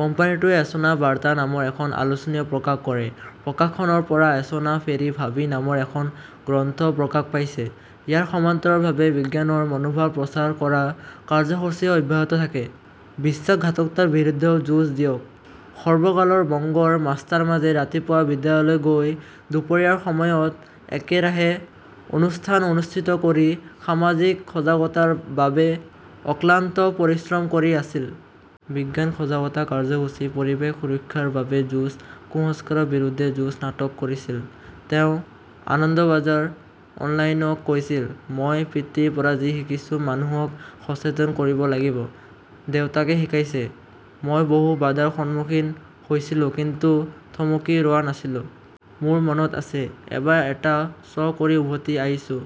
কোম্পানীটোৱে এচনা বাৰ্তা নামৰ এখন আলোচনীও প্ৰকাশ কৰে। প্ৰকাশনৰ পৰা এচনা ফেৰি ভাবী নামৰ এখন গ্ৰন্থও প্ৰকাশ পাইছে। ইয়াৰ সমান্তৰালভাৱে বিজ্ঞানৰ মনোভাৱ প্ৰচাৰ কৰা কাৰ্যসূচীও অব্যাহত থাকে। বিশ্বাসঘাতকতাৰ বিৰুদ্ধেও যুঁজ দিয়ক। সৰ্বকালৰ বংগৰ মাষ্টাৰমাছে ৰাতিপুৱা বিদ্যালয়লৈ গৈ, দুপৰীয়াৰ সময়ত একেৰাহে অনুষ্ঠান অনুষ্ঠিত কৰি, সামাজিক সজাগতাৰ বাবে অক্লান্ত পৰিশ্ৰম কৰি আছিল। বিজ্ঞান সজাগতা কাৰ্যসূচী, পৰিৱেশ সুৰক্ষাৰ বাবে যুঁজ, কুসংস্কাৰৰ বিৰুদ্ধে যুঁজ, নাটক‌ কৰিছিল। তেওঁ আনন্দবাজাৰ অনলাইনক কৈছিল, মই পিতৃৰ পৰা যি শিকিছো, মানুহক সচেতন কৰিব লাগিব। দেউতাকে শিকাইছে। মই বহু বাধাৰ সন্মুখীন হৈছিলো, কিন্তু থমকি ৰোৱা নাছিলো। মোৰ মনত আছে, এবাৰ এটা শ্ব' কৰি উভতি আহিছোঁ।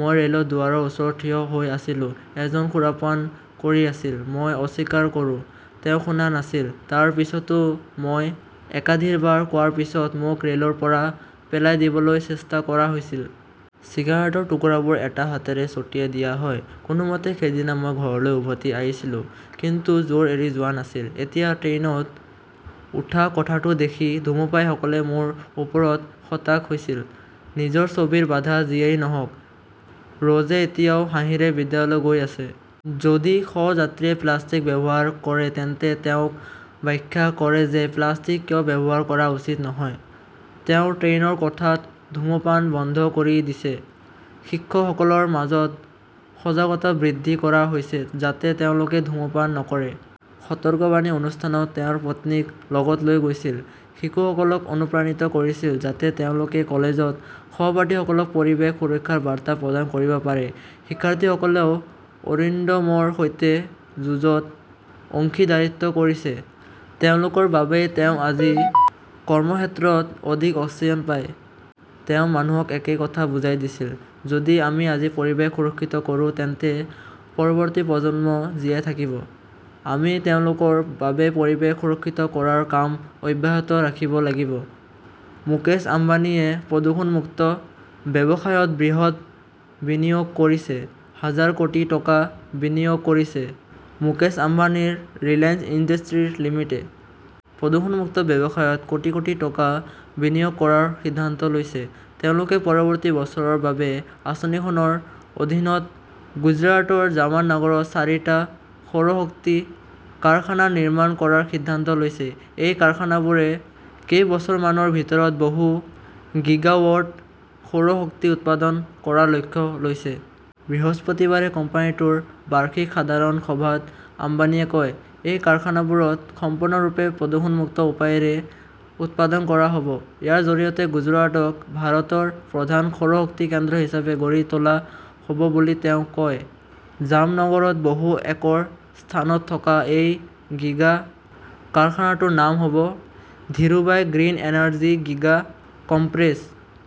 মই ৰেলৰ দুৱাৰৰ ওচৰত থিয় হৈ আছিলো। এজন সুৰাপান কৰি আছিল। মই অস্বীকাৰ কৰোঁ। তেওঁ শুনা নাছিল। তাৰ পিছতো মই একাধিকবাৰ কোৱাৰ পিছত মোক ৰেলৰ পৰা পেলাই দিবলৈ চেষ্টা কৰা হৈছিল। চিগাৰেটৰ টুকুৰাবোৰ এটা হাতেৰে ছটিয়াই দিয়া হয়। কোনোমতে সেইদিনা মই ঘৰলৈ উভতি আহিছিলো। কিন্তু জোৰ এৰি যোৱা নাছিল। এতিয়া ট্ৰেইনত উঠা কোঠাটো দেখি ধূমপায়ীসকলে মোৰ ওপৰত হতাশ হৈছিল। নিজৰ ছবিৰ বাধা যিয়েই নহওঁক, ৰোজে এতিয়াও হাঁহিৰে বিদ্যালয়লৈ গৈ আছে। যদি সহ-যাত্ৰীয়ে প্লাষ্টিক ব্যৱহাৰ কৰে তেন্তে তেওঁক ব্যাখ্যা কৰে যে প্লাষ্টিক কিয় ব্যৱহাৰ কৰা উচিত নহয়। তেওঁ ট্ৰেইনৰ কোঠাত ধূমপান বন্ধ কৰি দিছে। শিক্ষকসকলৰ মাজত সজাগতাও বৃদ্ধি কৰা হৈছে যাতে তেওঁলোকে ধূমপান নকৰে। সতৰ্কবাণী অনুষ্ঠানত তেওঁৰ পত্নীক লগত লৈ গৈছিল। শিশুসকলক অনুপ্ৰাণিত কৰিছিল, যাতে তেওঁলোকে কলেজত সহপাঠীসকলক পৰিৱেশ সুৰক্ষাৰ বাৰ্তা প্ৰদান কৰিব পাৰে। শিক্ষাৰ্থীসকলেও অৰিণ্ডমৰ সৈতে যুঁজত অংশীদাৰীত্ব কৰিছে। তেওঁলোকৰ বাবেই তেওঁ আজি কৰ্মক্ষেত্ৰত অধিক অক্সিজেন পায়। তেওঁ মানুহক একেই কথা বুজাই দিছিল, যদি আমি আজি পৰিৱেশ সুৰক্ষিত কৰোঁ, তেন্তে পৰৱৰ্তী প্ৰজন্ম জীয়াই থাকিব। আমি তেওঁলোকৰ বাবে পৰিৱেশ সুৰক্ষিত কৰাৰ কাম অব্যাহত ৰাখিব লাগিব। মুকেশ আম্বানীয়ে প্ৰদূষণ-মুক্ত ব্যৱসায়ত বৃহৎ বিনিয়োগ কৰিছে, হাজাৰ কোটি টকা বিনিয়োগ কৰিছে মুকেশ আম্বানীৰ ৰিলায়েন্স ইণ্ডাষ্ট্ৰীজ লিমিটেডে। প্ৰদূষণ-মুক্ত ব্যৱসায়ত কোটি কোটি টকা বিনিয়োগ কৰাৰ সিদ্ধান্ত লৈছে। তেওঁলোকে পৰৱৰ্তী বছৰৰ বাবে আঁচনিখনৰ অধীনত গুজৰাটৰ জামানগৰত চাৰিটা সৌৰ শক্তি কাৰখানা নিৰ্মাণ কৰাৰ সিদ্ধান্ত লৈছে। এই কাৰখানাবোৰে কেইবছৰমানৰ ভিতৰত‌ বহু গিগাৱাট সৌৰ শক্তি উৎপাদন কৰাৰ লক্ষ্য লৈছে। বৃহস্পতিবাৰে কোম্পানীটোৰ বাৰ্ষিক সাধাৰণ সভাত আম্বানীয়ে কয়, এই কাৰখানাবোৰত সম্পূৰ্ণৰূপে প্ৰদূষণ-মুক্ত উপায়েৰে উৎপাদন কৰা হ'ব। ইয়াৰ জৰিয়তে গুজৰাটক ভাৰতৰ প্ৰধান সৌৰ শক্তি কেন্দ্ৰ হিচাপে গঢ়ি তোলা হ'ব বুলি তেওঁ কয়। জামনগৰত বহু একৰ স্থানত থকা এই গিগা কাৰখানাটোৰ নাম হ'ব Dhirubhai green energy giga complex.